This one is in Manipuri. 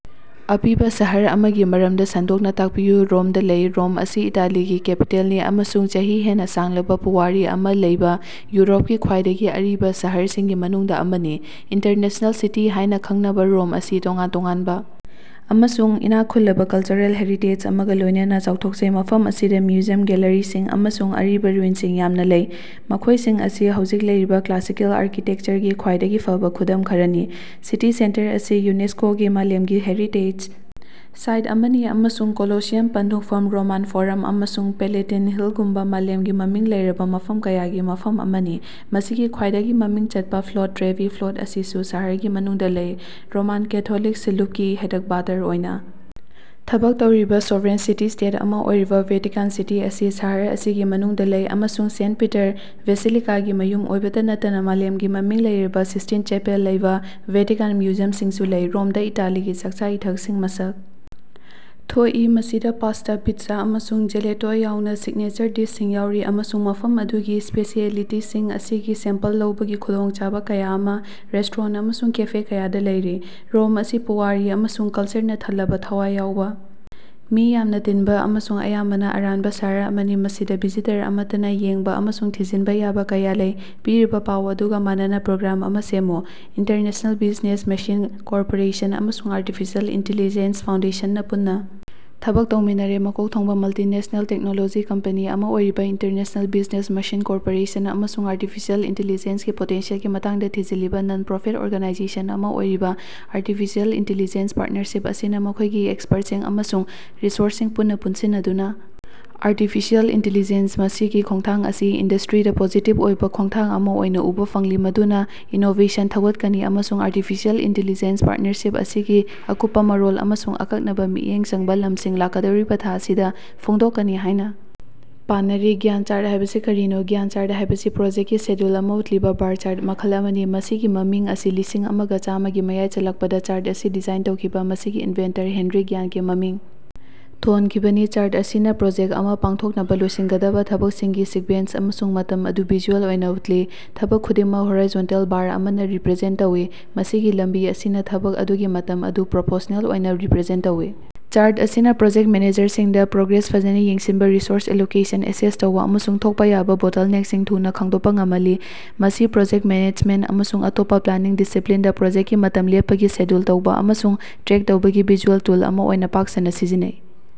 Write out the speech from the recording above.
ꯑꯄꯤꯕ ꯁꯍꯔ ꯑꯃꯒꯤ ꯃꯔꯝꯗ ꯁꯟꯗꯣꯛꯅ ꯇꯥꯛꯄꯤꯌꯨ꯫ ꯔꯣꯝꯗ ꯂꯩ꯫ ꯔꯣꯝ ꯑꯁꯤ ꯏꯇꯥꯂꯤꯒꯤ ꯀꯦꯄꯤꯇꯦꯜꯅꯤ ꯑꯃꯁꯨꯡ ꯆꯍꯤ ꯍꯦꯟꯅ ꯁꯥꯡꯂꯕ ꯄꯨꯋꯥꯔꯤ ꯑꯃ ꯂꯩꯕ ꯌꯨꯔꯣꯞꯀꯤ ꯈ꯭ꯋꯥꯏꯗꯒꯤ ꯑꯔꯤꯕ ꯁꯍꯔꯁꯤꯡꯒꯤ ꯃꯅꯨꯡꯗ ꯑꯃꯅꯤ꯫ ꯏꯇꯔꯅꯦꯜ ꯁꯤꯇꯤ ꯍꯥꯏꯅ ꯈꯪꯅꯕ ꯔꯣꯝ ꯑꯁꯤ ꯇꯣꯉꯥꯟ ꯇꯣꯉꯥꯟꯕ ꯑꯃꯁꯨꯡ ꯏꯅꯥꯛ ꯈꯨꯜꯂꯕ ꯀꯂꯆꯔꯦꯜ ꯍꯦꯔꯤꯇꯦꯖ ꯑꯃꯒ ꯂꯣꯏꯅꯅ ꯆꯥꯎꯊꯣꯛꯆꯩ, ꯃꯐꯝ ꯑꯁꯤꯗ ꯃ꯭ꯌꯨꯖꯤꯌꯝ, ꯒꯦꯜꯂꯔꯤꯁꯤꯡ, ꯑꯃꯁꯨꯡ ꯑꯔꯤꯕ ꯔꯨꯏꯟꯁꯤꯡ ꯌꯥꯝꯅ ꯂꯩ, ꯃꯈꯣꯏꯁꯤꯡ ꯑꯁꯤ ꯍꯧꯖꯤꯛ ꯂꯩꯔꯤꯕ ꯀ꯭ꯂꯥꯁꯤꯀꯦꯜ ꯑꯥꯔꯀꯤꯇꯦꯛꯆꯔꯒꯤ ꯈ꯭ꯋꯥꯏꯗꯒꯤ ꯐꯕ ꯈꯨꯗꯝ ꯈꯔꯅꯤ꯫ ꯁꯤꯇꯤ ꯁꯦꯟꯇꯔ ꯑꯁꯤ ꯌꯨꯅꯦꯁ꯭ꯀꯣꯒꯤ ꯃꯥꯂꯦꯝꯒꯤ ꯍꯦꯔꯤꯇꯦꯖ ꯁꯥꯏꯠ ꯑꯃꯅꯤ ꯑꯃꯁꯨꯡ ꯀꯣꯂꯣꯁꯤꯌꯝ, ꯄꯟꯊꯨꯡꯐꯝ, ꯔꯣꯃꯥꯟ ꯐꯣꯔꯝ ꯑꯃꯁꯨꯡ ꯄꯦꯂꯦꯇꯤꯟ ꯍꯤꯜꯒꯨꯝꯕ ꯃꯥꯂꯦꯝꯒꯤ ꯃꯃꯤꯡ ꯂꯩꯔꯕ ꯃꯐꯝ ꯀꯌꯥꯒꯤ ꯃꯐꯝ ꯑꯃꯅꯤ꯫ ꯃꯁꯤꯒꯤ ꯈ꯭ꯋꯥꯏꯗꯒꯤ ꯃꯃꯤꯡ ꯆꯠꯄ ꯐꯣꯟꯠ ꯇ꯭ꯔꯦꯚꯤ ꯐꯣꯟꯠ ꯑꯁꯤꯁꯨ ꯁꯍꯔꯒꯤ ꯃꯅꯨꯡꯗ ꯂꯩ꯫ ꯔꯣꯃꯥꯟ ꯀꯦꯊꯣꯂꯤꯛ ꯁꯤꯡꯂꯨꯞꯀꯤ ꯍꯦꯗꯛꯕꯥꯇꯔ ꯑꯣꯏꯅ ꯊꯕꯛ ꯇꯧꯔꯤꯕ ꯁꯣꯚꯔꯦꯟ ꯁꯤꯇꯤ-ꯁ꯭ꯇꯦꯠ ꯑꯃ ꯑꯣꯏꯔꯤꯕ ꯚ꯭ꯌꯥꯇꯤꯀꯥꯟ ꯁꯤꯇꯤ ꯑꯁꯤ ꯁꯍꯔ ꯑꯁꯤꯒꯤ ꯃꯅꯨꯡꯗ ꯂꯩ ꯑꯃꯁꯨꯡ ꯁꯦꯟꯠ ꯄꯤꯇꯔ ꯕꯦꯁꯤꯂꯤꯀꯥꯒꯤ ꯃꯌꯨꯝ ꯑꯣꯏꯕꯇ ꯅꯠꯇꯅ ꯃꯥꯂꯦꯝꯒꯤ ꯃꯃꯤꯡ ꯂꯩꯔꯕ ꯁꯤꯁ꯭ꯇꯤꯟ ꯆꯦꯄꯦꯜ ꯂꯩꯕ ꯚ꯭ꯌꯥꯇꯤꯀꯥꯟ ꯃ꯭ꯌꯨꯖꯤꯌꯝꯁꯤꯡꯁꯨ ꯂꯩ꯫ ꯔꯣꯝꯗ ꯏꯇꯥꯂꯤꯒꯤ ꯆꯥꯛꯆꯥ-ꯏꯊꯛꯁꯤꯡ ꯃꯁꯛ ꯊꯣꯛꯏ, ꯃꯁꯤꯗ ꯄꯥꯁ꯭ꯇꯥ, ꯄꯤꯠꯖꯥ ꯑꯃꯁꯨꯡ ꯖꯦꯂꯦꯇꯣ ꯌꯥꯎꯅ ꯁꯤꯒꯅꯦꯆꯔ ꯗꯤꯁꯁꯤꯡ ꯌꯥꯎꯔꯤ, ꯑꯃꯁꯨꯡ ꯃꯐꯝ ꯑꯗꯨꯒꯤ ꯁ꯭ꯄꯦꯁꯤꯑꯦꯂꯤꯇꯤꯁꯤꯡ ꯑꯁꯤꯒꯤ ꯁꯦꯝꯄꯜ ꯂꯧꯕꯒꯤ ꯈꯨꯗꯣꯡꯆꯥꯕ ꯀꯌꯥ ꯑꯃ ꯔꯦꯁ꯭ꯇꯣꯔꯦꯟ ꯑꯃꯁꯨꯡ ꯀꯦꯐꯦ ꯀꯌꯥꯗ ꯂꯩꯔꯤ꯫ ꯔꯣꯝ ꯑꯁꯤ ꯄꯨꯋꯥꯔꯤ ꯑꯃꯁꯨꯡ ꯀꯜꯆꯔꯅ ꯊꯜꯂꯕ ꯊꯋꯥꯏ ꯌꯥꯎꯕ, ꯃꯤ ꯌꯥꯝꯅ ꯇꯤꯟꯕ ꯑꯃꯁꯨꯡ ꯑꯌꯥꯝꯕꯅ ꯑꯔꯥꯟꯕ ꯁꯍꯔ ꯑꯃꯅꯤ, ꯃꯁꯤꯗ ꯚꯤꯖꯤꯇꯔ ꯑꯃꯠꯇꯅ ꯌꯦꯡꯕꯥ ꯑꯃꯁꯨꯡ ꯊꯤꯖꯤꯟꯕ ꯌꯥꯕ ꯀꯌꯥ ꯂꯩ꯫ ꯄꯤꯔꯤꯕ ꯄꯥꯎ ꯑꯗꯨꯒ ꯃꯥꯟꯅꯕ ꯄꯦꯔꯥꯒ꯭ꯔꯥꯐ ꯑꯃꯥ ꯁꯦꯝꯃꯨ꯫ ꯏꯟꯇꯔꯅ‌ꯦꯁꯅ‌ꯦꯜ ꯕꯤꯖꯤꯅ‌ꯦꯁ ꯃ‌ꯦꯁꯤꯟ ꯀ‌ꯣꯔꯄ‌ꯣꯔ‌ꯦꯁꯟ ꯑꯃꯁꯨꯡ ꯑꯥꯔꯇꯤꯐꯤꯁꯤꯑꯦꯜ ꯏꯟꯇꯤꯂꯤꯖ‌ꯦꯟꯁ ꯐꯥꯎꯟꯗꯦꯁꯟꯅ ꯄꯨꯟꯅ ꯊꯕꯛ ꯇꯧꯃꯤꯟꯅꯔꯦ꯫ ꯃꯀꯣꯛ ꯊꯣꯡꯕ ꯃꯜꯇꯤꯅꯦꯁ꯭ꯅꯦꯜ ꯇꯦꯛꯅꯣꯂꯣꯖꯤ ꯀꯝꯄꯦꯅꯤ ꯑꯃꯥ ꯑꯣꯏꯔꯤꯕ ꯏꯟꯇꯔꯅ‌ꯦꯁꯅ‌ꯦꯜ ꯕꯤꯖꯤꯅ‌ꯦꯁ ꯃ‌ꯦꯁꯤꯟ ꯀ‌ꯣꯔꯄ‌ꯣꯔ‌ꯦꯁꯟ ꯑꯃꯁꯨꯡ ꯑꯥꯔꯇꯤꯐꯤꯁꯤꯑꯦꯜ ꯏꯟꯇꯤꯂꯤꯖꯦꯟꯁꯀꯤ ꯄꯣꯇꯦꯟꯁꯤꯌꯦꯜꯒꯤ ꯃꯇꯥꯡꯗ ꯊꯤꯖꯤꯜꯂꯤꯕ ꯅꯟ-ꯄ꯭ꯔꯣꯐꯤꯠ ꯑꯣꯔꯒꯅꯥꯏꯖꯦꯁꯟ ꯑꯃꯥ ꯑꯣꯏꯔꯤꯕ ꯑꯥꯔꯇꯤꯐꯤꯁꯤꯑꯦꯜ ꯏꯟꯇꯤꯂꯤꯖꯦꯟꯁ ꯄꯥꯔ꯭ꯠꯅꯔꯁꯤꯞ ꯑꯁꯤꯅ ꯃꯈꯣꯏꯒꯤ ꯑꯦꯛꯁꯄꯔꯠꯁꯤꯡ ꯑꯃꯁꯨꯡ ꯔꯤꯁꯣꯔꯁꯁꯤꯡ ꯄꯨꯟꯅ ꯄꯨꯟꯁꯤꯟꯅꯗꯨꯅ ꯑꯥꯔꯇꯤꯐꯤꯁꯤꯑꯦꯜ ꯏꯟꯇꯤꯂꯤꯖꯦꯟꯁ ꯃꯁꯤꯒꯤ ꯈꯣꯉꯊꯥꯡ ꯑꯁꯤ ꯏꯟꯗꯁꯇ꯭ꯔꯤꯗ ꯄꯣꯖꯤꯇꯤꯕ ꯑꯣꯏꯕ ꯈꯣꯡꯊꯥꯡ ꯑꯃ ꯑꯣꯏꯅ ꯎꯕ ꯐꯪꯂꯤ ꯃꯗꯨꯅ ꯏꯅꯣꯕꯦꯁꯟ ꯊꯧꯒꯠꯀꯅꯤ ꯑꯃꯁꯨꯡ ꯑꯥꯔꯇꯤꯐꯤꯁꯤꯑꯦꯜ ꯏꯟꯇꯤꯂꯤꯖꯦꯟꯁ ꯄꯥꯔꯇꯅꯔꯁꯤꯞ ꯑꯁꯤꯒꯤ ꯑꯀꯨꯞꯄꯥ ꯃꯔꯣꯜꯁꯤꯡ ꯑꯃꯁꯨꯡ ꯑꯀꯛꯅꯕ ꯃꯤꯠꯌꯦꯡ ꯆꯪꯕ ꯂꯝꯁꯤꯡ ꯂꯥꯛꯀꯗꯧꯔꯤꯕ ꯊꯥ ꯈꯔꯁꯤꯗ ꯐꯣꯡꯗꯣꯛꯀꯅꯤ ꯍꯥꯏꯅ ꯄꯥꯅꯔꯤ꯫ ꯒ꯭ꯌꯥꯟꯇ ꯆꯥꯔꯠ ꯍꯥꯏꯕꯁꯤ ꯀꯔꯤꯅꯣ꯫ ꯒ꯭ꯌꯥꯟꯠ ꯆꯥꯔꯠ ꯍꯥꯏꯕꯁꯤ ꯄ꯭ꯔꯣꯖꯦꯛꯀꯤ ꯁꯦꯗ꯭ꯌꯨꯜ ꯑꯃꯥ ꯎꯠꯂꯤꯕ ꯕꯥꯔ ꯆꯥꯔꯠ ꯃꯈꯜ ꯑꯃꯅꯤ꯫ ꯃꯁꯤꯒꯤ ꯃꯃꯤꯡ ꯑꯁꯤ ꯂꯤꯁꯤꯡ ꯑꯃꯒ ꯆꯃꯥꯄꯟꯒꯤ ꯃꯌꯥꯏ ꯆꯜꯂꯛꯄꯗ ꯆꯥꯔꯠ ꯑꯁꯤ ꯗꯤꯖꯥꯏꯟ ꯇꯧꯈꯤꯕ ꯃꯁꯤꯒꯤ ꯏꯟꯚꯦꯟꯇꯔ ꯍꯦꯅꯔꯤ ꯒ꯭ꯌꯥꯟꯒꯤ ꯃꯃꯤꯡ ꯊꯣꯟꯈꯤꯕꯅꯤ꯫ ꯆꯥꯔꯠ ꯑꯁꯤꯅ ꯄ꯭ꯔꯣꯖꯦꯛ ꯑꯃ ꯄꯥꯡꯊꯣꯛꯅꯕ ꯂꯣꯏꯁꯤꯟꯒꯗꯕ ꯊꯕꯛꯁꯤꯡꯒꯤ ꯁꯤꯛꯕꯦꯟꯁ ꯑꯃꯁꯨꯡ ꯃꯇꯝ ꯑꯗꯨ ꯚꯤꯖꯨꯑꯦꯜ ꯑꯣꯏꯅ ꯎꯠꯂꯤ꯫ ꯊꯕꯛ ꯈꯨꯗꯤꯡꯃꯛ ꯍꯣꯔꯥꯏꯖꯣꯟꯇꯦꯜ ꯕꯥꯔ ꯑꯃꯅ ꯔꯤꯞꯔꯖꯦꯟ ꯇꯧꯏ, ꯃꯁꯤꯒꯤ ꯂꯝꯕꯤ ꯑꯁꯤꯅ ꯊꯕꯛ ꯑꯗꯨꯒꯤ ꯃꯇꯝ ꯑꯗꯨ ꯄ꯭ꯔꯣꯄꯣꯔꯁꯅꯦꯜ ꯑꯣꯏꯅ ꯔꯤꯄꯔꯖꯦꯟ ꯇꯧꯏ꯫ ꯆꯥꯔꯠ ꯑꯁꯤꯅ ꯄ꯭ꯔꯣꯖꯦꯛꯇ ꯃꯦꯅꯦꯖꯔꯁꯤꯡꯗ ꯄ꯭ꯔꯣꯒ꯭ꯔꯦꯁ ꯐꯖꯅ ꯌꯦꯡꯁꯤꯟꯕ, ꯔꯤꯁꯣꯔꯁ ꯑꯦꯂꯣꯀꯦꯁꯟ ꯑꯦꯁꯦꯁ ꯇꯧꯕ ꯑꯃꯁꯨꯡ ꯊꯣꯛꯄ ꯌꯥꯕꯥ ꯕꯣꯇꯜꯅꯦꯛꯁꯤꯡ ꯊꯨꯅ ꯈꯪꯗꯣꯛꯄ ꯉꯝꯍꯜꯂꯤ꯫ ꯃꯁꯤ ꯄ꯭ꯔꯣꯖꯦꯛꯇ ꯃꯦꯅꯦꯖꯃꯦꯟꯇ ꯑꯃꯁꯨꯡ ꯑꯇꯣꯞꯄ ꯄ꯭ꯂꯥꯅꯤꯡ ꯗꯤꯁꯤꯄꯂꯤꯟꯁꯤꯡꯗ ꯄ꯭ꯔꯣꯖꯦꯛꯇꯀꯤ ꯃꯇꯝ ꯂꯦꯞꯄꯒꯤ ꯁꯦꯗ꯭ꯌꯨꯜ ꯇꯧꯕ ꯑꯃꯁꯨꯡ ꯇ꯭ꯔꯦꯛ ꯇꯧꯕꯒꯤ ꯚꯤꯖꯨꯑꯦꯜ ꯇꯨꯜ ꯑꯃ ꯑꯣꯏꯅꯥ ꯄꯥꯛ ꯁꯟꯅꯥ ꯁꯤꯖꯤꯟꯅꯩ꯫